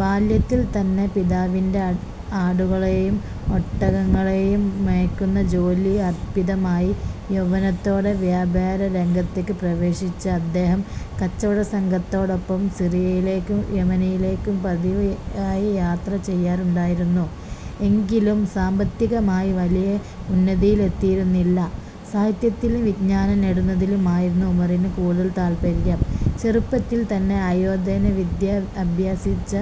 ബാല്യത്തിൽ തന്നെ പിതാവിന്റെ ആടുകളെയും ഒട്ടകങ്ങളെയും മേക്കുന്ന ജോലി അർപ്പിതമായി. യൗവനത്തോടെ വ്യാപാര രംഗത്തേക്ക് പ്രവേശിച്ച അദ്ദേഹം കച്ചവടസംഘത്തോടൊപ്പം സിറിയയിലേക്കും, യമനിലേക്കും പതിവായി യാത്ര ചെയ്യാറുണ്ടായിരുന്നു. എങ്കിലും സാമ്പത്തികമായി വലിയ ഉന്നതിയിലെത്തിയിരുന്നില്ല. സാഹിത്യത്തിലും, വിജ്ഞാനം നേടുന്നതിലുമായിരുന്നു ഉമറിന് കൂടുതൽ താല്പര്യം. ചെറുപ്പത്തിൽ തന്നെ ആയോധനവിദ്യ അഭ്യസിച്ച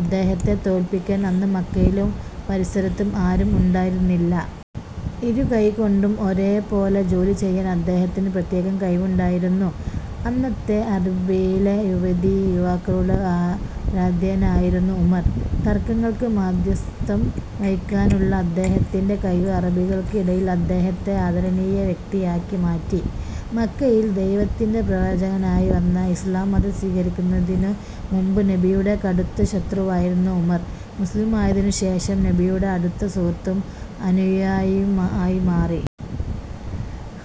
അദ്ദേഹത്തെ തോൽപ്പിക്കാൻ അന്ന് മക്കയിലും പരിസരത്തും ആരും ഉണ്ടായിരുന്നില്ല. ഇരു കൈകൊണ്ടും ഒരേ പോലെ ജോലി ചെയ്യാൻ അദ്ദേഹത്തിന് പ്രത്യേക കഴിവുണ്ടായിരുന്നു. അന്നത്തെ അറേബ്യയിലെ യുവതീ-യുവാക്കളുടെ ആരാധ്യനായിരുന്നു ഉമർ. തർക്കങ്ങൾക്ക് മാധ്യസഥം വഹിക്കാനുള്ള അദ്ദേഹത്തിന്റെ കഴിവ് അറബികൾക്കിടയിൽ അദ്ദേഹത്തെ ആദരണീയ വ്യക്തിയാക്കി മാറ്റി. മക്കയിൽ ദൈവത്തിന്റെ പ്രവാചകനായി വന്ന ഇസ്ലാം മതം സ്വീകരിക്കുന്നതിനു മുമ്പ് നബിയുടെ കടുത്ത ശത്രുവായിരുന്ന ഉമർ, മുസ്ലിമായതിനു ശേഷം നബിയുടെ അടുത്ത സുഹൃത്തും അനുയായിയും ആയി മാറി.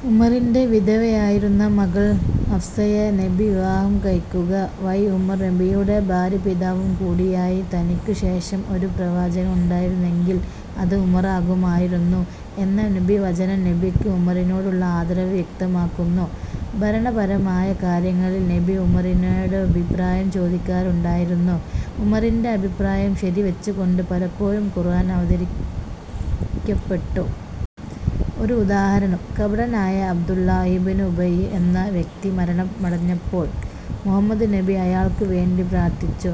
ഉമറിന്റെ വിധവയായിരുന്ന മകൾ ഹഫ്സയെ നബി വിവാഹം കഴിക്കുക വഴി ഉമർ നബിയുടെ ഭാര്യാപിതാവു കൂടിയായി. "തനിക്കു ശേഷം ഒരു പ്രവാചകനുണ്ടായിരുന്നെങ്കിൽ അത് ഉമറാകുമായിരുന്നു" എന്ന നബിവചനം നബിക്ക് ഉമറിനോടുള്ള ആദരവ് വ്യക്തമാക്കുന്നു. ഭരണപരമായ കാര്യങ്ങളിൽ നബി ഉമറിനോടഭിപ്രായം ചോദിക്കാറുണ്ടായിരുന്നു. ഉമറിന്റെ അഭിപ്രായം ശരിവെച്ചുകൊണ്ട് പലപ്പോഴും ഖുർആൻ അവതരിക്കപ്പെട്ടു. ഒരുദാഹരണം, കപടനായ അബ്ദുല്ലാഹിബ്നു ഉബയ്യ് എന്ന വ്യക്തി മരണമടഞ്ഞപ്പോൾ മുഹമ്മദ് നബി അയാൾക്കു വേണ്ടി പ്രാർത്ഥിച്ചു.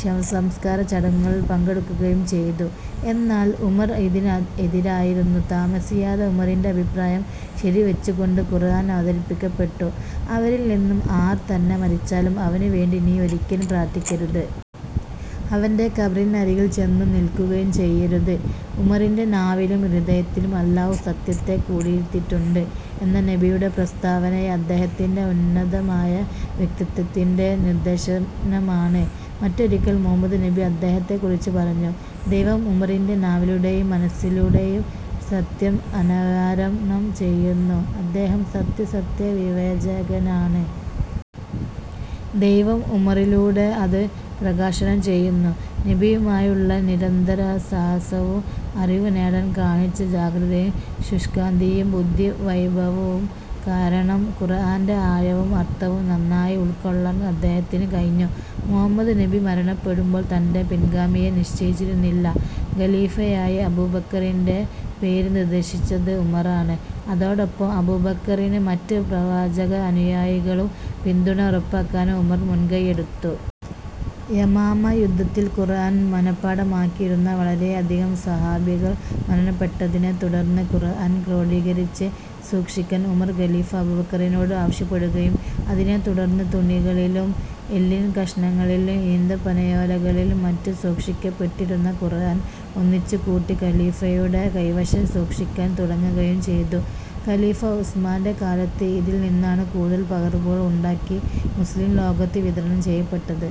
ശവസംസ്കാരചടങ്ങുകളിൽ പങ്കെടുക്കുകയും ചെയ്തു. എന്നാൽ ഉമർ ഇതിന് എതിരായിരുന്നു. താമസിയാതെ ഉമറിന്റെ അഭിപ്രായം ശരിവെച്ചുകൊണ്ട് ഖുർആൻ അവതരിപ്പിക്കപ്പെട്ടു. അവരിൽ നിന്ന് ആർ തന്നെ മരിച്ചാലും അവനു വേണ്ടി നീ ഒരിക്കലും പ്രാർത്ഥിക്കരുത്. അവന്റെ ഖബറിന്നരികിൽ ചെന്നു നിൽക്കുകയും ചെയ്യരുത്. "ഉമറിന്റെ നാവിലും ഹൃദയത്തിലും അല്ലാഹു സത്യത്തെ കുടിയിരുത്തിയിട്ടുണ്ട്" എന്ന നബിയുടെ പ്രസ്താവന അദ്ദേഹത്തിന്റെ ഉന്നതമായ വ്യക്തിത്വത്തിന്റെ നിദർശനമാണ്. മറ്റൊരിക്കൽ മുഹമ്മദ് നബി അദ്ദേഹത്തെക്കുറിച്ച് പറഞ്ഞു: "ദൈവം ഉമറിന്റെ നാവിലൂടെയും മനസ്സിലൂടെയും സത്യം അനാരണം ചെയ്യുന്നു, അദ്ദേഹം സത്യാസത്യ വിവേചകനാണ്. ദൈവം ഉമറിലൂടെ അത് പ്രകാശനം ചെയ്യുന്നു". നബിയുമായുള്ള നിരന്തരസഹാസവും അറിവുനേടാൻ കാണിച്ച ജാഗ്രതയും ശുഷ്കാന്തിയും ബുദ്ധിവൈഭവവും കാരണം ഖുർആന്റെ ആഴവും അർഥവും നന്നായി ഉൾക്കൊള്ളാൻ അദ്ദേഹത്തിനു കഴിഞ്ഞു. മുഹമ്മദ് നബി മരണപ്പെടുമ്പോൾ തന്റെ പിൻഗാമിയെ നിശ്ചയിച്ചിരുന്നില്ല. ഖലീഫയായി അബൂബക്കറിന്റെ പേര് നിർദ്ദേശിച്ചത് ഉമറാണ്. അതോടൊപ്പം അബൂബക്കറിന് മറ്റ് പ്രവാചക അനുയായികളും പിന്തുണ ഉറപ്പാക്കാനും ഉമർ മുൻകൈയെടുത്തു. യമാമ യുദ്ധത്തിൽ ഖുർആൻ മനപാഠമാക്കിയിരുന്ന വളരെയധികം സ്വഹാബികൾ മരണപ്പെട്ടതിനെത്തുടർന്ന് ഖുർആൻ ക്രോഡീകരിച്ച് സൂക്ഷിക്കാൻ ഉമർ ഖലീഫ അബൂബക്കറിനോട് ആവശ്യപ്പെടുകയും അതിനെത്തുടർന്ന് തുണികളിലും, എല്ലിൻ കഷണങ്ങളിലും, ഈന്തപ്പനയോലകളിലും മറ്റും സൂക്ഷിക്കപ്പെട്ടിരുന്ന ഖുർആൻ ഒന്നിച്ചുകൂട്ടി ഖലീഫയുടെ കൈവശം സൂക്ഷിക്കാൻ തുടങ്ങുകയും ചെയ്തു. ഖലീഫ ഉസ്മാന്റെ കാലത്ത് ഇതിൽ നിന്നാണ് കൂടുതൽ പകർപ്പുകൾ ഉണ്ടാക്കി മുസ്ലിം ലോകത്ത് വിതരണം ചെയ്യപ്പെട്ടത്.